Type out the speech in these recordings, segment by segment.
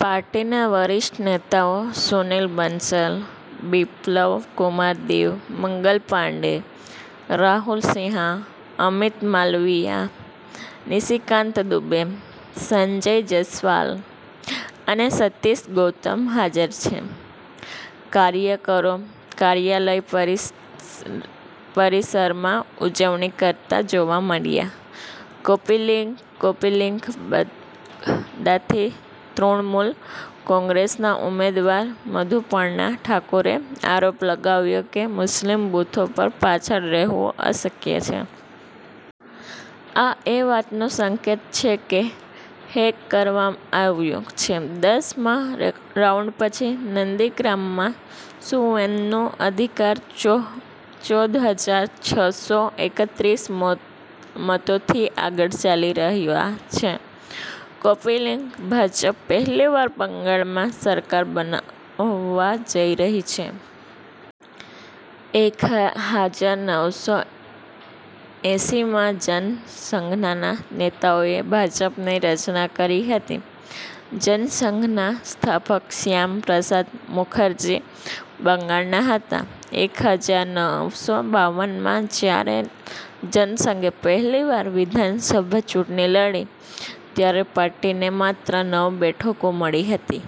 પાર્ટીના વરિષ્ઠ નેતાઓ સુનીલ બંસલ, બિપ્લવ કુમાર દેવ, મંગલ પાંડે, રાહુલ સિંહા, અમિત માલવિયા, નિશિકાંત દુબે, સંજય જયસ્વાલ અને સતીશ ગૌતમ હાજર છે. કાર્યકરો કાર્યાલય પરિસરમાં ઉજવણી કરતા જોવા મળ્યા. કૉપી લિંક કૉપી લિંક બગદાથી તૃણમૂલ કોંગ્રેસના ઉમેદવાર મધુપર્ણા ઠાકુરે આરોપ લગાવ્યો કે મુસ્લિમ બૂથો પર પાછળ રહેવું અશક્ય છે. આ એ વાતનો સંકેત છે કે હેક કરવામાં આવ્યું છે. દસ મા રાઉન્ડ પછી નંદીગ્રામમાં સુવેન્દુ અધિકારી ચૌદ હજાર છ સો એકત્રીસ મતોથી આગળ ચાલી રહ્યા છે. કૉપી લિંક ભાજપ પહેલીવાર બંગાળમાં સરકાર બનાવવા જઈ રહી છે. એક હાજર નવસો એંસી માં જનસંઘના નેતાઓએ ભાજપની રચના કરી હતી. જનસંઘના સ્થાપક શ્યામા પ્રસાદ મુખર્જી બંગાળના હતા. એક હજાર નવસો બાવન માં જ્યારે જનસંઘે પહેલીવાર વિધાનસભા ચૂંટણી લડી ત્યારે પાર્ટીને માત્ર નવ બેઠકો મળી હતી.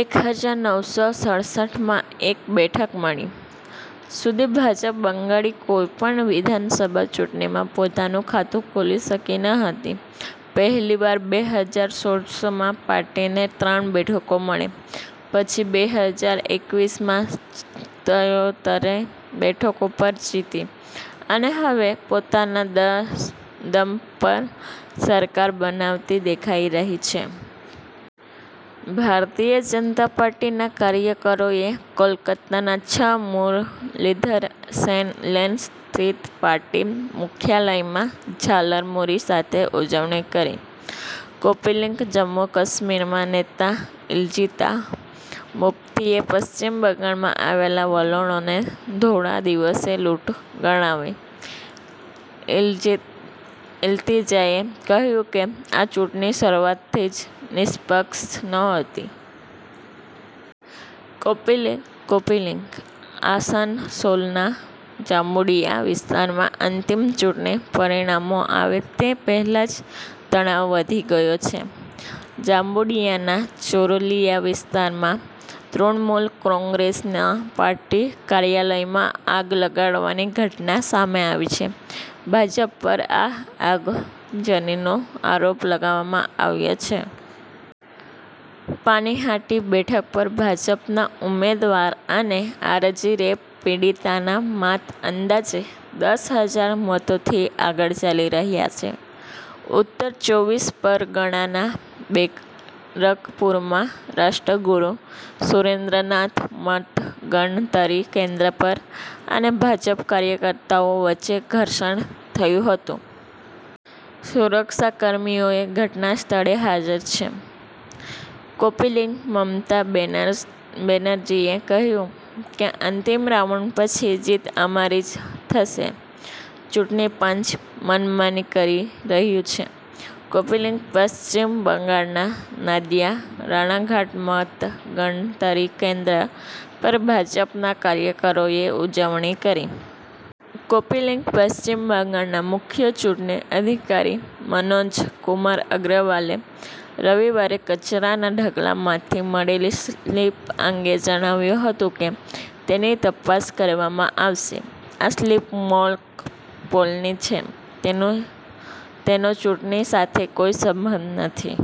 એક હજાર નવસો સડસઠ માં એક બેઠક મળી. સુધી ભાજપ બંગાળની કોઈપણ વિધાનસભા ચૂંટણીમાં પોતાનું ખાતું ખોલી શકી ન હતી. પહેલીવાર બે હજાર સોળસોમાં પાર્ટીને ત્રણ બેઠકો મળી. પછી બે હજાર એકવીસમાં સત્યોતરે બેઠકો પર જીતી અને હવે પોતાના દસ દમ પર સરકાર બનાવતી દેખાઈ રહી છે. ભારતીય જનતા પાર્ટીના કાર્યકરોએ કોલકાતાના છ મુરલીધર સેન લેન સ્થિત પાર્ટી મુખ્યાલયમાં ઝાલમુરી સાથે ઉજવણી કરી. કૉપી લિંક જમ્મુ-કાશ્મીરમાં નેતા ઇલ્તિજા મુફ્તીએ પશ્ચિમ બંગાળમાં આવેલા વલણોને ધોળા દિવસે લૂંટ ગણાવી. ઇલ્તિજાએ કહ્યું કે આ ચૂંટણી શરૂઆતથી જ નિષ્પક્ષ નહોતી. કૉપી લિંક કૉપી લિંક આસનસોલના જામુડિયા વિસ્તારમાં અંતિમ ચૂંટણી પરિણામો આવે તે પહેલાં જ તણાવ વધી ગયો છે. જામુડિયાના ચુરુલિયા વિસ્તારમાં તૃણમૂલ કોંગ્રેસના પાર્ટી કાર્યાલયમાં આગ લગાડવાની ઘટના સામે આવી છે. ભાજપ પર આ આગજનીનો આરોપ લગાવવામાં આવ્યો છે. પાણીહાટી બેઠક પર ભાજપના ઉમેદવાર અને આર. જી. રેપ પીડિતાના માતા અંદાજે દસ હજાર મતોથી આગળ ચાલી રહ્યા છે. ઉત્તર ચોવીસ પરગણાના બેરકપુરમાં રાષ્ટ્રગુરુ સુરેન્દ્રનાથ મતગણતરી કેન્દ્ર પર અને ભાજપ કાર્યકર્તાઓ વચ્ચે ઘર્ષણ થયું હતું. સુરક્ષાકર્મીઓ ઘટનાસ્થળે હાજર છે. કૉપી લિંક મમતા બેનર્જીએ કહ્યું કે અંતિમ રાઉન્ડ પછી જીત અમારી જ થશે. ચૂંટણી પંચ મનમાની કરી રહ્યું છે. કૉપી લિંક પશ્ચિમ બંગાળના નાદિયા રાણાઘાટ મતગણતરી કેન્દ્ર પર ભાજપના કાર્યકરોએ ઉજવણી કરી. કૉપી લિંક પશ્ચિમ બંગાળના મુખ્ય ચૂંટણી અધિકારી મનોજ કુમાર અગ્રવાલે રવિવારે કચરાના ઢગલામાંથી મળેલી સ્લિપ અંગે જણાવ્યું હતું કે, તેની તપાસ કરવામાં આવશે. આ સ્લિપ મોક પોલની છે. તેનો ચૂંટણી સાથે કોઈ સંબંધ નથી.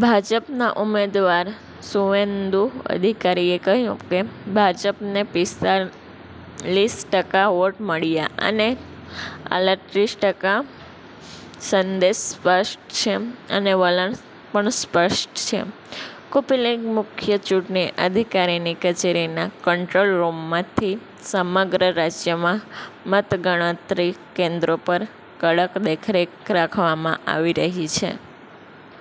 ભાજપના ઉમેદવાર સુવેન્દુ અધિકારીએ કહ્યું કે, ભાજપને પિસ્તાલીસ ટકા વોટ મળ્યા અને આલત્રીસ ટકા, સંદેશ સ્પષ્ટ છે અને વલણ પણ સ્પષ્ટ છે. કૉપી લિંક મુખ્ય ચૂંટણી અધિકારીની કચેરીના કંટ્રોલ રૂમમાંથી સમગ્ર રાજ્યમાં મતગણતરી કેન્દ્રો પર કડક દેખરેખ રાખવામાં આવી રહી છે.